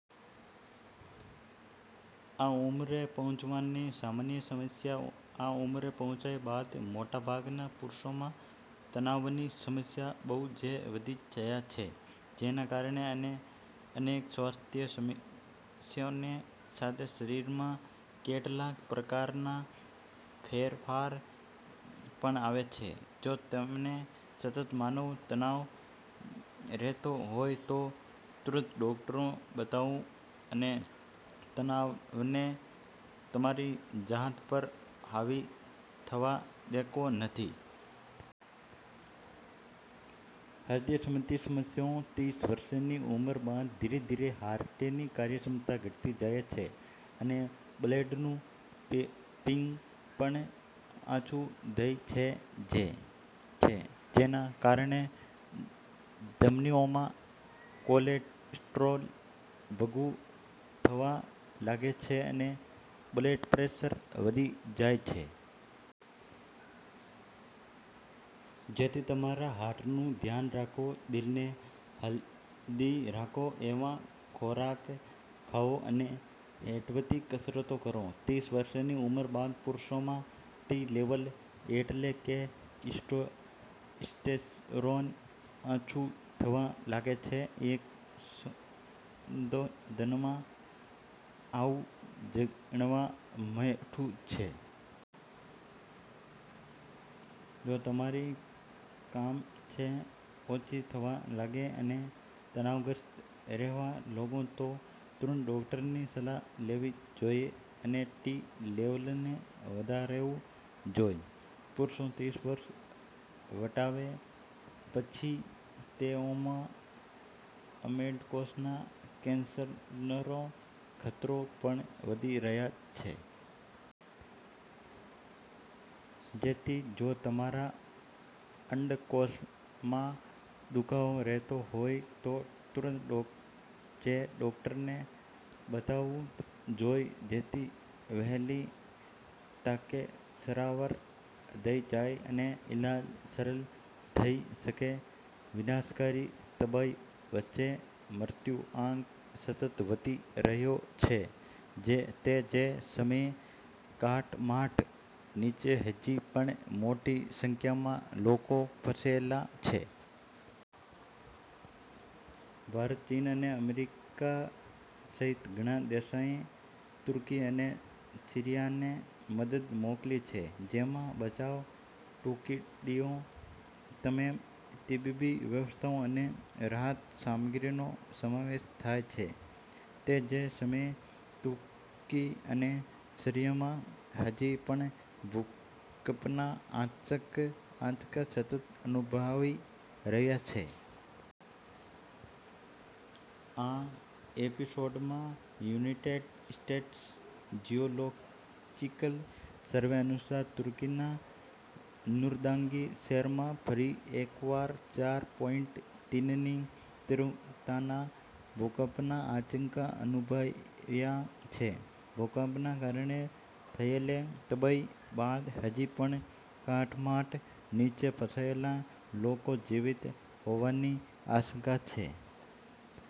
આ ઉંમરે પહોંચવાની સામાન્ય સમસ્યા આ ઉંમરે પહોંચ્યા બાદ મોટાભાગના પુરૂષોમાં તણાવની સમસ્યા બહુ જે વધી જયા છે. જેના કારણે અનેક સ્વા સ્વાસ્થ્ય સમસ્યાઓની સાથે શરીરમાં કેટલાક પ્રકારના ફેરફાર પણ આવે છે. જો તમને સતત માનો તણાવ રહેતો હોય તો તરત ડોક્ટરોને બતાવવું અને તણાવને તમારી જાત પર હાવી થવા દેતો નથી. હૃદય સંબંધી સમસ્યાઓ ત્રીસ વર્ષની ઉંમર બાદ ધીરે-ધીરે હાર્ટની કાર્યક્ષમતા ઘટતી જાય છે અને બ્લડનું પેંપિગ પણ આછું થઈ જેય છે. જે જેના કારણે ધમનીઓમાં કોલેસ્ટ્રોલ ભેગું થવા લાગે છે અને બ્લેડપ્રેશર વધી જાય છે. જેથી તમારા હાર્ટનું ધ્યાન રાખો, દિલને હેલ્ધી રાખે. એવા ખોરાક ખાઓ અને હળવી કસરતો કરો. ત્રીસ વર્ષની ઉંમર બાદ પુરૂષોમાં ટી લેવલ એટલે કે ટેસ્ટોસ્ટેરોન ઓછું થવા લાગે છે. એક સંશોધનમાં આવું જાણવા મળ્યું છે. જો તમારી કામેચ્છા ઓછી થવા લાગે અને તણાવગ્રસ્ત રહેવા લાગો તો તરત જ ડોક્ટરની સલાહ લેવી જોઈએ અને ટી લેવલને વધારવું જોઈએ. પુરૂષો ત્રીસ વર્ષ વટાવે પછી તે ઓ નો એનડકોષનો કેન્સરનો ખતરો પણ વધી રહ્યા છે. જેથી જો તમારા અંડકોષમાં દુખાવો રહેતો હોય તો તરત જ ડોક્ટરને બતાવવું જોઈએ. જેથી વહેલી તકે સારવાર થઈ જાય અને ઈલાજ સરળ થઈ શકે. વિનાશકારી તબાહી વચ્ચે, મૃત્યુઆંક સતત વધી રહ્યો છે. તે જ સમયે, કાટમાળ નીચે હજુ પણ મોટી સંખ્યામાં લોકો ફસાયેલા છે. ભારત, ચીન અને અમેરિકા સહિત ઘણા દેશોએ તુર્કી અને સીરિયાને મદદ મોકલી છે. જેમાં બચાવ ટુકડીઓ તેમજ તબીબી વ્યવસ્થા અને રાહત સામગ્રીનો સમાવેશ થાય છે. તે જ સમયે, તુર્કી અને સીરિયામાં હજુ પણ ભૂકંપના આંચકા સતત અનુભવાઈ રહ્યા છે. આ એપિસોડમાં, યુનાઇટેડ સ્ટેટ્સ જિયોલોજિકલ સર્વે અનુસાર, તુર્કીના નૂરદાગી શહેરમાં ફરી એકવાર ચાર પોઈન્ટ ત્રણની તીવ્રતાના ભૂકંપના આંચકા અનુભવાયા છે. ભૂકંપના કારણે થયેલી તબાહી બાદ હજુ પણ કાટમાળ નીચે ફસાયેલા લોકો જીવિત હોવાની આશંકા છે.